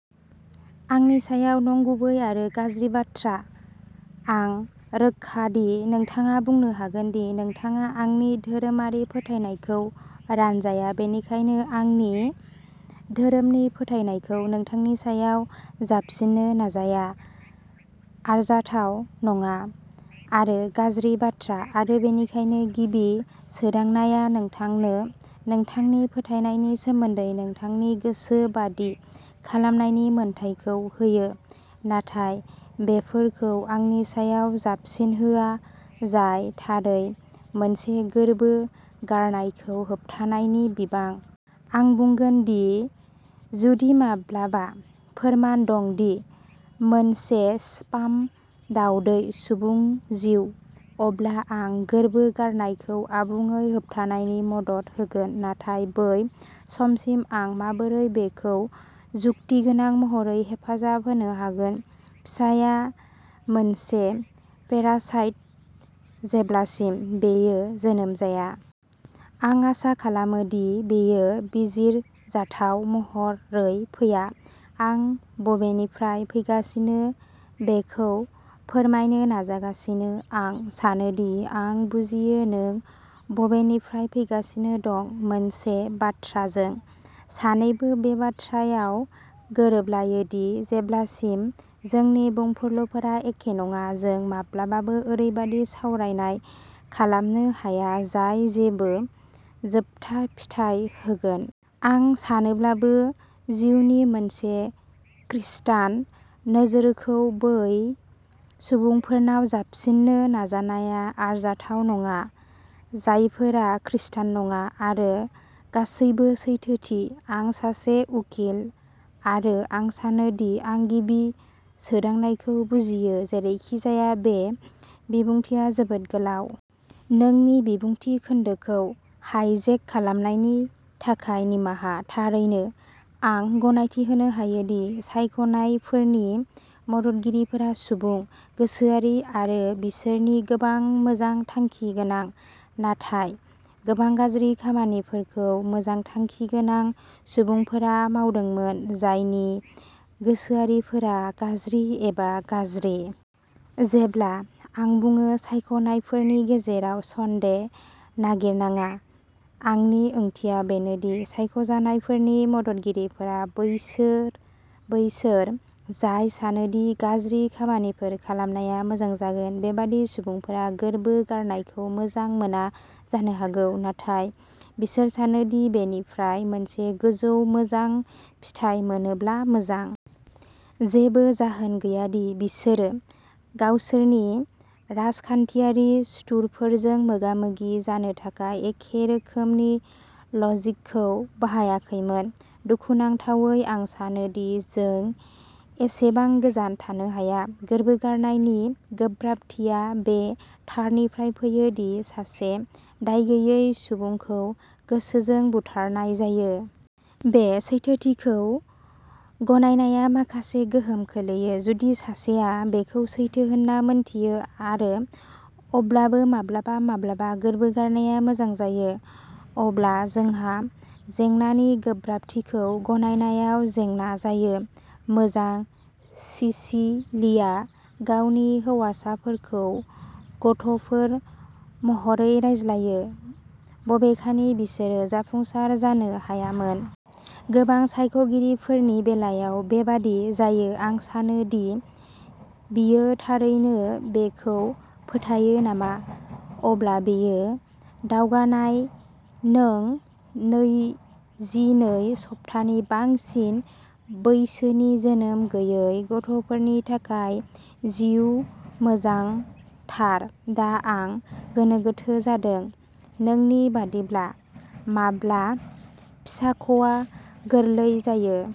आंनि सायाव नंगुबै आरो गाज्रि बाथ्रा। आं रोखा दि नोंथाङा बुंनो हागोन दि नोंथाङा आंनि धोरोमारि फोथायनायखौ रानजाया, बेनिखायनो आंनि धोरोमनि फोथायनायखौ नोंथांनि सायाव जाबसिननो नाजानाया आरजाथाव नङा आरो गाज्रि बाथ्रा। आरो बेनिखायनो गिबि सोदांनायआ नोंथांनो नोंथांनि फोथायनायनि सोमोन्दै नोंथांनि गोसो बायदि खालामनायनि मोन्थाइखौ होयो, नाथाय बेफोरखौ आंनि सायाव जाबसिनहोआ जाय थारै मोनसे गोर्बो गारनायखौ होबथानायनि बिबां। आं बुंगोन दि जुदि माब्लाबा फोरमान दं दि मोनसे स्पार्म दावदै सुबुं जिउ, अब्ला आं गोर्बो गारनायखौ आबुङै होबथानायनि मदद होगोन। नाथाय बै समसिम, आं माबोरै बेखौ जुक्तिगोनां महरै हेफाजाब होनो हागोन फिसाया मोनसे पेरासाइट जेब्लासिम बेयो जोनोम जाया। आं आसा खालामो दि बेयो बिजिरजाथाव महरै फैया। आं बबेनिफ्राय फैगासिनो बेखौ फोरमायनो नाजागासिनो आं सानो दि आं बुजियो नों बबेनिफ्राय फैगासिनो दं। मोनसे बाथ्रा जों। सानैबो बे बाथ्रायाव गोरोबलायो दि जेब्लासिम जोंनि बुंफुरलुफोरा एखे नङा, जों माब्लाबाबो ओरैबादि सावरायनाय खालामनो हाया जाय जेबो जोबथा फिथाय होगोन। आं सानोब्लाबो, जिउ नि मोनसे खृस्टान नोजोरखौ बै सुबुंफोरनाव जाबसिननो नाजानाया आरजाथाव नङा, जायफोरा खृस्टान नङा। आरो, गासैबो सैथोथि, आं सासे उखिल आरो आं सानो दि आं गिबि सोदांनायखौ बुजियो। जेरैखिजाया, बे बिबुंथिआ जोबोद गोलाव। नोंनि बिबुंथि खोन्दोखौ हाइजेक खालामनायनि थाखाय निमाहा। थारैनो आं गनायथि होनो हायो दि सायख'नायफोरनि मददगिरिफोरा सुबुं, गोसोआरि, आरो बिसोरनि गोबां मोजां थांखि गोनां। नाथाय गोबां गाज्रि खामानिफोरखौ मोजां थांखि गोनां सुबुंफोरा मावदोंमोन, जायनि गोसोआरिफोरा गाज्रि एबा गाज्रि। जेब्ला आं बुङो सायख'नायफोरनि गेजेराव सन्दे नागिरनाङा आंनि ओंथिया बेनो दि सायख'नायफोरनि मददगिरिफोरा बैसोर बैसोर जाय सानो दि गाज्रि खामानिफोर खालामनाया मोजां जागोन। बेबादि सुबुंफोरा गोर्बो गारनायखौ मोजां मोना जानो हागौ। नाथाय बिसोर सानो दि बेनिफ्राय मोनसे गोजौ मोजां फिथाय मोनोब्ला मोजां। जेबो जाहोन गैया दि बिसोरो गावसोरनि राजखान्थियारि सुथुरफोरजों मोगा-मोगि जानो थाखाय एखे रोखोमनि लजिकखौ बाहायाखैमोन। दुखुनांथावै आं सानो दि जों एसेबां गोजान थांनो हाया। गोर्बो गारनायनि गोब्राबथिया बे थारनिफ्राय फैयो दि सासे दायगैयै सुबुंखौ गोसोजों बुथारनाय जायो। बे सैथोथिखौ गनायनाया माखासे गोहोम खोख्लैयो। जुदि सासेया बेखौ सैथो होन्ना मिन्थियो, आरो अब्लाबो माब्लाबा माब्लाबा गोर्बो गारनाया मोजां जायो, अब्ला जोंहा जेंनानि गोब्राबथिखौ गनायनायाव जेंना जायो। मोजां, सिसिलिआ गावनि हौवासाफोरखौ गथ'फोर महरै रायज्लायो, बबेखानि बिसोरो जाफुंसार जानो हायामोन। गोबां सायख'गिरिफोरनि बेलायाव बेबादि जायो। आं सानो दि बियो थारैनो बेखौ फोथायो नामा। अब्ला बेयो दावगानाय नों नैजिनै सप्तानि बांसिन बैसोनि जोनोम गैयै गथ'फोरनि थाखाय जिउ मोजां थार? दा आं गोनो गोथो जादों। नोंनि बायदिब्ला, माब्ला फिसाख'आ गोरलै जायो?